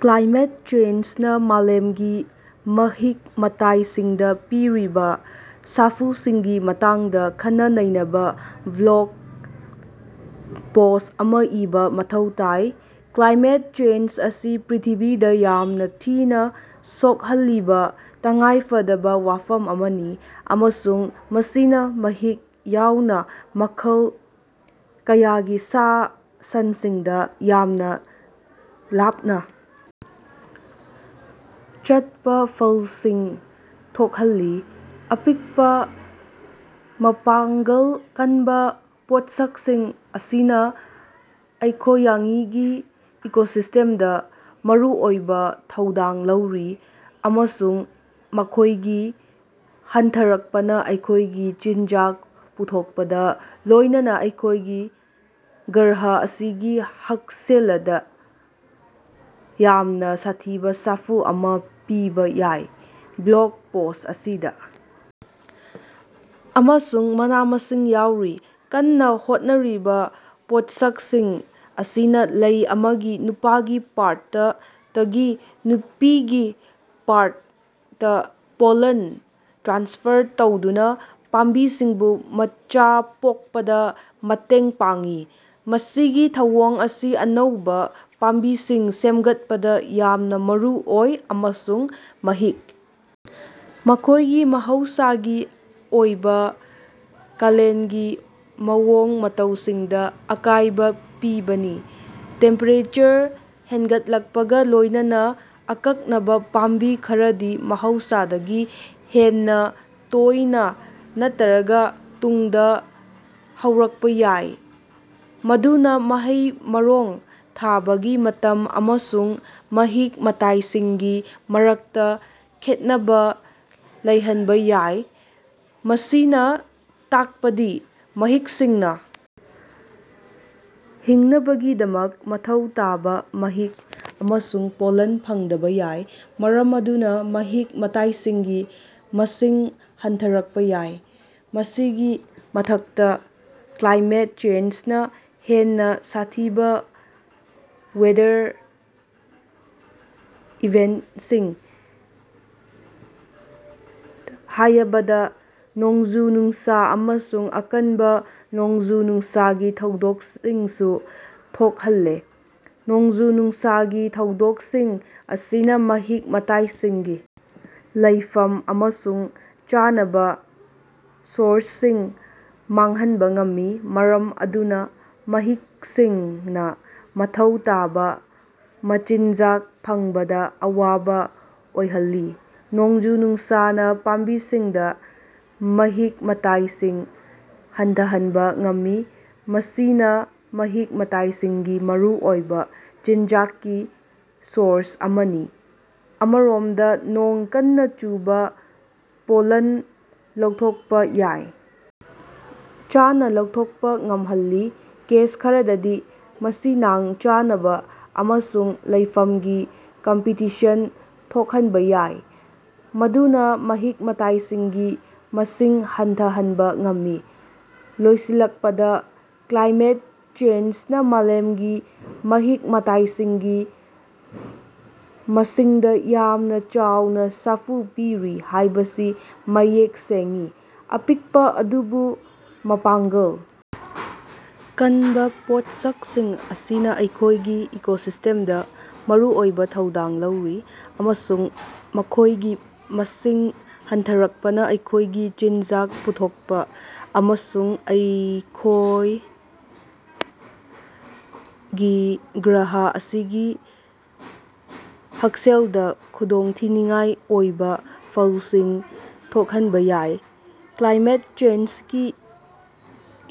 Climate ꯆꯦꯟꯖꯅ ꯃꯥꯂꯦꯝꯒꯤ ꯃꯍꯤꯛ-ꯃꯇꯥꯏꯁꯤꯡꯗ ꯄꯤꯔꯤꯕ ꯁꯥꯐꯨꯁꯤꯡꯒꯤ ꯃꯇꯥꯡꯗ ꯈꯟꯅ-ꯅꯩꯅꯕ ꯕ꯭ꯂꯣꯒ ꯄꯣꯁ ꯑꯃ ꯏꯕ ꯃꯊꯧ ꯇꯥꯏ꯫ ꯀ꯭ꯂꯥꯏꯃꯦꯠ ꯆꯦꯟꯖ ꯑꯁꯤ ꯄ꯭ꯔꯤꯊꯤꯕꯤꯗ ꯌꯥꯝꯅ ꯊꯤꯅ ꯁꯣꯛꯍꯜꯂꯤꯕ ꯇꯉꯥꯏꯐꯗꯕ ꯋꯥꯐꯝ ꯑꯃꯅꯤ, ꯑꯃꯁꯨꯡ ꯃꯁꯤꯅꯥ ꯃꯍꯤꯛ ꯌꯥꯎꯅ ꯃꯈꯜ ꯀꯌꯥꯒꯤ ꯁꯥ-ꯁꯟꯁꯤꯡꯗ ꯌꯥꯝꯅ ꯂꯥꯞꯅ ꯆꯠꯄ ꯐꯜꯁꯤꯡ ꯊꯣꯛꯍꯜꯂꯤ꯫ ꯑꯄꯤꯛꯄ ꯃꯄꯥꯡꯒꯜ ꯀꯟꯕ ꯄꯣꯠꯁꯛꯁꯤꯡ ꯑꯁꯤꯅꯥ ꯑꯩꯈꯣꯌꯉꯤꯏꯒꯤ ꯏꯀꯣꯁꯤꯁꯇꯦꯝꯗꯥ ꯃꯔꯨꯑꯣꯏꯕ ꯊꯧꯗꯥꯡ ꯂꯧꯔꯤ, ꯑꯃꯁꯨꯡ ꯃꯈꯣꯏꯒꯤ ꯍꯟꯊꯔꯛꯄꯅ ꯑꯩꯈꯣꯏꯒꯤ ꯆꯤꯟꯖꯥꯛ ꯄꯨꯊꯣꯛꯄꯗ, ꯂꯣꯏꯅꯅꯥ ꯑꯩꯈꯣꯏꯒꯤ ꯒ꯭ꯔꯍ ꯑꯁꯤꯒꯤ ꯍꯛꯁꯦꯂꯗ ꯌꯥꯝꯅ ꯁꯥꯊꯤꯕ ꯁꯥꯐꯨ ꯑꯃꯥ ꯄꯤꯕ ꯌꯥꯏ꯫ ꯕ꯭ꯂꯣꯒ ꯄꯣꯁ ꯑꯁꯤꯗ ꯑꯃꯁꯨꯡ ꯃꯅꯥ-ꯃꯁꯤꯡ ꯌꯥꯎꯔꯤ꯫ ꯀꯟꯅ ꯍꯣꯠꯅꯔꯤꯕ ꯄꯣꯠꯁꯛꯁꯤꯡ ꯑꯁꯤꯅꯥ ꯂꯩ ꯑꯃꯒꯤ ꯅꯨꯄꯥꯒꯤ ꯄꯥꯔꯇ ꯇꯒꯤ ꯅꯨꯄꯤꯒꯤ ꯄꯥꯔꯇ ꯇ ꯄꯣꯂꯟ ꯇ꯭ꯔꯥꯟꯁꯐꯔ ꯇꯧꯗꯨꯅꯥ ꯄꯥꯝꯕꯤꯁꯤꯡꯕꯨ ꯃꯆꯥ ꯄꯣꯛꯄꯗ ꯃꯇꯦꯡ ꯄꯥꯡꯏ꯫ ꯃꯁꯤꯒꯤ ꯊꯧꯑꯣꯡ ꯑꯁꯤ ꯑꯅꯧꯕꯥ ꯄꯥꯝꯕꯤꯁꯤꯡ ꯁꯦꯝꯒꯠꯄꯗꯥ ꯌꯥꯝꯅ ꯃꯔꯨꯑꯣꯏ, ꯑꯃꯁꯨꯡ ꯃꯍꯤꯛ ꯃꯈꯣꯏꯒꯤ ꯃꯍꯧꯁꯥꯒꯤ ꯑꯣꯏꯕꯥ ꯀꯥꯂꯦꯟꯒꯤ ꯃꯑꯣꯡ-ꯃꯇꯧꯁꯤꯡꯗꯥ ꯑꯀꯥꯏꯕꯥ ꯄꯤꯕꯅꯤ꯫ ꯇꯦꯝꯄꯦꯔꯦꯆꯔ ꯍꯦꯟꯒꯠꯂꯛꯄꯒ ꯂꯣꯏꯅꯅ, ꯑꯀꯛꯅꯕꯥ ꯄꯥꯝꯕꯤ ꯈꯔꯗꯤ ꯃꯍꯧꯁꯥꯗꯒꯤ ꯍꯦꯟꯅꯥ ꯇꯣꯏꯅ ꯅꯠꯇ꯭ꯔꯒ ꯇꯨꯡꯗ ꯍꯧꯔꯛꯄꯥ ꯌꯥꯏ, ꯃꯗꯨꯅꯥ ꯃꯍꯩ-ꯃꯔꯣꯡ ꯊꯥꯕꯒꯤ ꯃꯇꯝ ꯑꯃꯁꯨꯡ ꯃꯍꯤꯛ-ꯃꯇꯥꯏꯁꯤꯡꯒꯤ ꯃꯔꯛꯇꯥ ꯈꯦꯠꯅꯕꯥ ꯂꯩꯍꯟꯕꯥ ꯌꯥꯏ꯫ ꯃꯁꯤꯅꯥ ꯇꯥꯛꯄꯗꯤ ꯃꯍꯤꯛꯁꯤꯡꯅ ꯍꯤꯡꯅꯕꯒꯤꯗꯃꯛ ꯃꯊꯧ ꯇꯥꯕ ꯃꯍꯤꯛ ꯑꯃꯁꯨꯡ ꯄꯣꯂꯟ ꯐꯪꯗꯕꯥ ꯌꯥꯏ, ꯃꯔꯝ ꯑꯗꯨꯅ ꯃꯍꯤꯛ-ꯃꯇꯥꯏꯁꯤꯡꯒꯤ ꯃꯁꯤꯡ ꯍꯟꯊꯔꯛꯄ ꯌꯥꯏ꯫ ꯃꯁꯤꯒꯤ ꯃꯊꯛꯇꯥ, ꯀ꯭ꯂꯥꯏꯃꯦꯠ ꯆꯦꯟꯖꯅꯥ ꯍꯦꯟꯅꯥ ꯁꯥꯊꯤꯕꯥ ꯋꯦꯗꯔ ꯏꯚꯦꯟꯇꯁꯤꯡ, ꯍꯥꯌꯕꯗ ꯅꯣꯡꯖꯨ-ꯅꯨꯡꯁꯥ ꯑꯃꯁꯨꯡ ꯑꯀꯟꯕ ꯅꯣꯡꯖꯨ-ꯅꯨꯡꯁꯥꯒꯤ ꯊꯧꯗꯣꯛꯁꯤꯡꯁꯨ ꯊꯣꯛꯍꯜꯂꯦ꯫ ꯅꯣꯡꯖꯨ-ꯅꯨꯡꯁꯥꯒꯤ ꯊꯧꯗꯣꯛꯁꯤꯡ ꯑꯁꯤꯅꯥ ꯃꯍꯤꯛ-ꯃꯇꯥꯏꯁꯤꯡꯒꯤ ꯂꯩꯐꯝ ꯑꯃꯁꯨꯡ ꯆꯥꯅꯕ ꯁꯣꯔꯁꯁꯤꯡ ꯃꯥꯡꯍꯟꯕ ꯉꯝꯃꯤ, ꯃꯔꯝ ꯑꯗꯨꯅ ꯃꯍꯤꯛꯁꯤꯡꯅ ꯃꯊꯧ ꯇꯥꯕꯥ ꯃꯆꯤꯟꯖꯥꯛ ꯐꯪꯕꯗ ꯑꯋꯥꯕ ꯑꯣꯏꯍꯜꯂꯤ꯫ ꯅꯣꯡꯖꯨ-ꯅꯨꯡꯁꯥꯅꯥ ꯄꯥꯝꯕꯤꯁꯤꯡꯗꯥ ꯃꯍꯤꯛ-ꯃꯇꯥꯏꯁꯤꯡ ꯍꯟꯊꯍꯟꯕ ꯉꯝꯃꯤ, ꯃꯁꯤꯅꯥ ꯃꯍꯤꯛ-ꯃꯇꯥꯏꯁꯤꯡꯒꯤ ꯃꯔꯨꯑꯣꯏꯕꯥ ꯆꯤꯟꯖꯥꯛꯀꯤ ꯁꯣꯔꯁ ꯑꯃꯅꯤ꯫ ꯑꯃꯔꯣꯝꯗ, ꯅꯣꯡ ꯀꯟꯅ ꯆꯨꯕ ꯄꯣꯂꯟ ꯂꯧꯊꯣꯛꯄꯥ ꯌꯥꯏ, ꯆꯥꯅꯥ ꯂꯧꯊꯣꯛꯄꯥ ꯉꯝꯍꯜꯂꯤ꯫ ꯀꯦꯁ ꯈꯔꯗꯗꯤ ꯃꯁꯤꯅꯥꯡ ꯆꯥꯅꯕ ꯑꯃꯁꯨꯡ ꯂꯩꯐꯝꯒꯤ ꯀꯝꯄꯤꯇꯤꯁꯟ ꯊꯣꯛꯍꯟꯕ ꯌꯥꯏ, ꯃꯗꯨꯅ ꯃꯍꯤꯛ-ꯃꯇꯥꯏꯁꯤꯡꯒꯤ ꯃꯁꯤꯡ ꯍꯟꯊꯍꯟꯕ ꯉꯝꯃꯤ꯫ ꯂꯣꯏꯁꯤꯜꯂꯛꯄꯗ, ꯀ꯭ꯂꯥꯏꯃꯦꯠ ꯆꯦꯟꯖꯅꯥ ꯃꯥꯂꯦꯝꯒꯤ ꯃꯍꯤꯛ-ꯃꯇꯥꯏꯁꯤꯡꯒꯤ ꯃꯁꯤꯡꯗꯥ ꯌꯥꯝꯅꯥ ꯆꯥꯎꯅꯥ ꯁꯥꯐꯨ ꯄꯤꯔꯤ ꯍꯥꯏꯕꯁꯤ ꯃꯌꯦꯛ ꯁꯦꯡꯏ꯫ ꯑꯄꯤꯛꯄꯥ ꯑꯗꯨꯕꯨ ꯃꯄꯥꯡꯒꯜ ꯀꯟꯕ ꯄꯣꯠꯁꯛꯁꯤꯡ ꯑꯁꯤꯅꯥ ꯑꯩꯈꯣꯏꯒꯤ ꯏꯀꯣꯁꯤꯁ꯭ꯇꯦꯝꯗ ꯃꯔꯨꯑꯣꯏꯕ ꯊꯧꯗꯥꯡ ꯂꯧꯔꯤ, ꯑꯃꯁꯨꯡ ꯃꯈꯣꯏꯒꯤ ꯃꯁꯤꯡ ꯍꯟꯊꯔꯛꯄꯅ ꯑꯩꯈꯣꯏꯒꯤ ꯆꯤꯟꯖꯥꯛ ꯄꯨꯊꯣꯛꯄ ꯑꯃꯁꯨꯡ ꯑꯩꯈꯣꯌꯏꯒꯤ ꯒ꯭ꯔꯍ ꯑꯁꯤꯒꯤ ꯍꯛꯁꯦꯜꯗ ꯈꯨꯗꯣꯡꯊꯤꯅꯤꯡꯉꯥꯏ ꯑꯣꯏꯕꯥ ꯐꯜꯁꯤꯡ ꯊꯣꯛꯍꯟꯕ ꯌꯥꯏ꯫ ꯀ꯭ꯂꯥꯏꯃꯦꯠ ꯆꯦꯟꯖꯒꯤ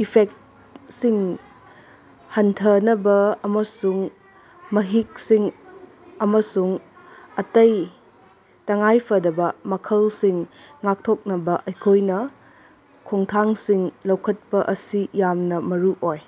ꯏꯐꯦꯛꯇꯁꯤꯡ ꯍꯟꯊꯍꯟꯅꯕꯥ ꯑꯃꯁꯨꯡ ꯃꯍꯤꯛꯁꯤꯡ ꯑꯃꯁꯨꯡ ꯑꯇꯩ ꯇꯉꯥꯏꯐꯗꯕꯥ ꯃꯈꯜꯁꯤꯡ ꯉꯥꯛꯊꯣꯛꯅꯕ ꯑꯩꯈꯣꯏꯅ ꯈꯣꯡꯊꯥꯡꯁꯤꯡ ꯂꯧꯈꯠꯄꯥ ꯑꯁꯤ ꯌꯥꯝꯅꯥ ꯃꯔꯨꯑꯣꯏ꯫